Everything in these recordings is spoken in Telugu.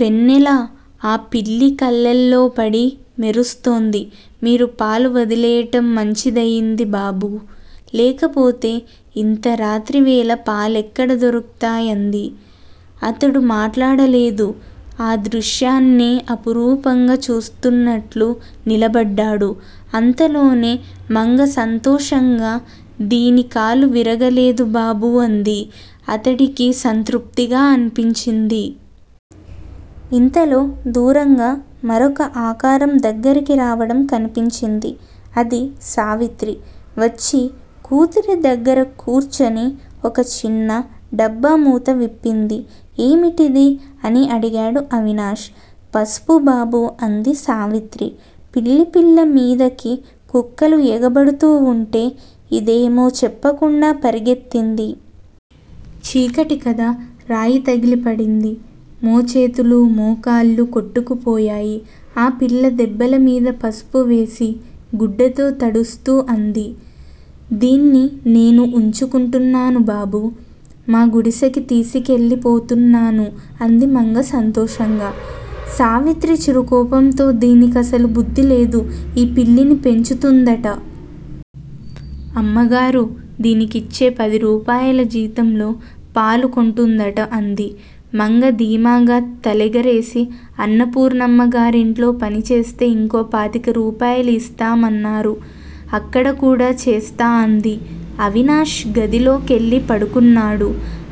వెన్నెల ఆ పిల్లి కళ్ళల్లోపడి మెరుస్తోంది. మీరు పాలు వదిలేయటం మంచిదయింది బాబూ. లేకపోతే ఇంత రాత్రివేళ పాలెక్కడ దొరుకుతాయి అంది. అతడు మాట్లాడలేదు. ఆ దృశ్యాన్నే అపురూపంగా చూస్తున్నట్లు నిలబడ్డాడు. అంతలోనే మంగ సంతోషంగా దీని కాలు విరగలేదు బాబూ అంది. అతడికి సంతృప్తిగా అనిపించింది. ఇంతలో దూరంగా మరొక ఆకారం దగ్గరికి రావడం కనిపించింది. అది సావిత్రి. వచ్చి కూతురి దగ్గర కూర్చొని ఒక చిన్న డబ్బా మూతవిప్పింది. ఏమిటిది? అని అడిగాడు అవినాష్. పసుపు బాబూ అంది సావిత్రి. పిల్లిపిల్ల మీదకి కుక్కలు ఎగబడుతూ వుంటే ఇదేమో చెప్పకుండా పరిగెత్తింది. చీకటి కదా. రాయితగిలి పడింది. మోచేతులు, మోకాళ్ళు కొట్టుకుపోయాయి ఆ పిల్ల దెబ్బల మీద పసుపువేసి గుడ్డతో తడుస్తూ అంది. దీన్ని నేను వుంచుకుంటున్నానుబాబూ. మా గుడిసెకి తీసికెళ్ళి పోతున్నాను అంది మంగ సంతోషంగా. సావిత్రి చిరుకోపంతో దీని కసలు బుద్ధిలేదు. ఈ పిల్లిని పెంచుతుందట. అమ్మగారు దీనికిచ్చే పదిరూపాయల జీతంలో పాలు కొంటుందట అంది. మంగ ధీమాగా తలెగరెసి అన్నపూర్ణమ్మగారింట్లో పనిచేస్తే ఇంకో పాతిక రూపాయలు యిస్తామన్నారు. అక్కడకూడా చేస్తా అంది. అవినాష్ గదిలోకెళ్ళి పడుకున్నాడు.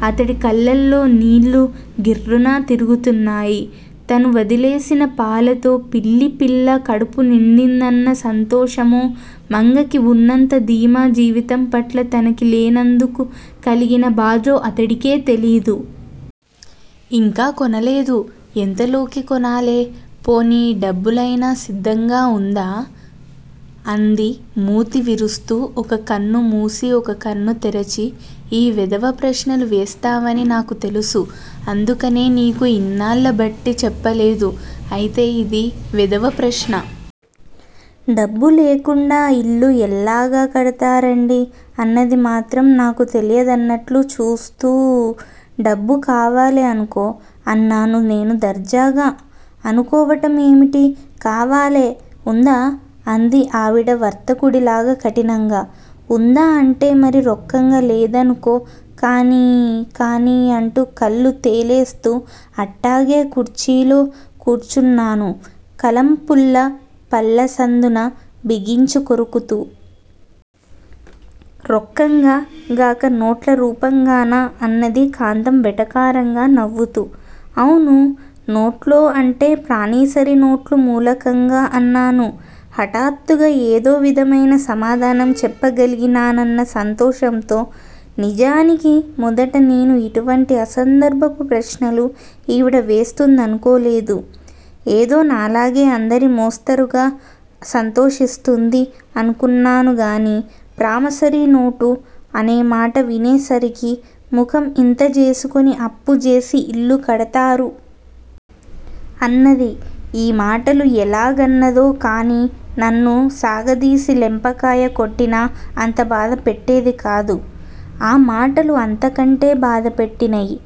అతడి కళ్ళల్లో నీళ్ళు గిర్రున తిరుగుతున్నాయి. తను వదిలేసినా పాలతో పిల్లిపిల్ల కడుపు నిండిందన్న సంతోషమో, మంగకి వున్నంత ధీమా జీవితంపట్ల తనకి లేనందుకు కలిగిన బాజో అతడికే తెలీదు. 'యింకా కొనలేదు, ఎంతలోకి కొనాలె! ' 'పోనీ డబ్బుల అయినా సిద్దంగా ఉందా' అంది మూతి విరుస్తూ ఒక కన్ను మూసి ఒక కన్ను తెరచి. 'ఈ వెధవ ప్రశ్నలు వేస్తావని నాకు తెలుసు. అందుకనే నీకు యిన్నాళ్ళ బట్టీ చెప్పలేదు. అయితే యిది వెధవప్రశ్న?? డబ్బు లేకుండా యిల్లు ఎల్లాగ కడతారండీ అన్నది మాత్రం నాకు తెలియదన్నట్లు చూస్తూ. 'డబ్బు కావాలే అనుకో' అన్నాను నేను దర్జాగా 'అనుకోవటం ఏమిటీ? కావాలె_ఉందా? ' అంది ఆవిడ వర్తకుడిలాగ కఠినంగా? 'ఉందా అంటేమరీ రొక్కంగా లేదనుకో కానీ కానీ ' అంటూ కళ్ళు తేలేస్తూ అట్టాగే కుర్చీలో కూర్చున్నాను కలంపుల్ల పళ్ళసందున బిగించికొరుకుతూ. 'రొక్కంగా గాక నోట్లరూపంగానా అన్నది కాంతం వెటకారంగా నవ్వుతూ. ' 'అవునూ నోట్లో అంటే ప్రానిసరీనోట్లు మూలకంగా' అన్నాను. హఠాత్తుగా ఏదోవిధమైన సమాధానం చెప్పగలిగినానన్న సంతోషంతో నిజానికి మొదట నేను ఇటువంటి అసందర్భపు ప్రశ్నలు ఈవిడ వేస్తుందనుకోలేదు ఏదోనాలాగే అందరి మోస్తరుగా సంతోషిస్తుంది అనుకున్నానుగాని. ప్రామసరీ నోటు అనేమాట వినేసరికి, ముఖం ఇంత జేసుకొని అప్పుజేసి ఇల్లుకడతారూ? అన్నది. ఈమాటలు ఎల్లాగన్నదో కానినన్ను సాగదీసి లెంపకాయ కొట్టినా, అంతబాధ పెట్టేదికాదు. ఆ మాటలు అంతకంటె బాధపెట్టినయి.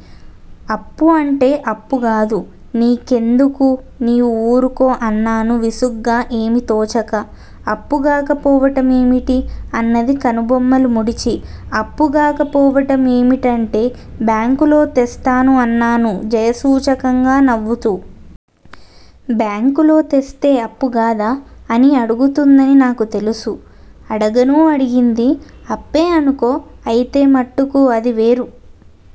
'అప్పు అంటే అప్పుగాదు. నీ కెందుకూ నీవు ఊరుకో' అన్నాను విసుగ్గా ఏమీ తోచక. 'అప్పుగాక పోవటం ఏమిటి? అన్నది కనుబొమ్మలు ముడిచి. 'అప్పుగాక పోవటం ఏమిటంటే బ్యాంకులో తెస్తాను' అన్నాను జయసూచకంగా నవ్వుతూ. 'బ్యాంకులో తెస్తే అప్పుగాదా? అని అడుగుతుందని నాకు తెలుసూ. అడగనూ అడిగింది. ' అప్పే అనుకో, అయితే మట్టుకు అదివేరు.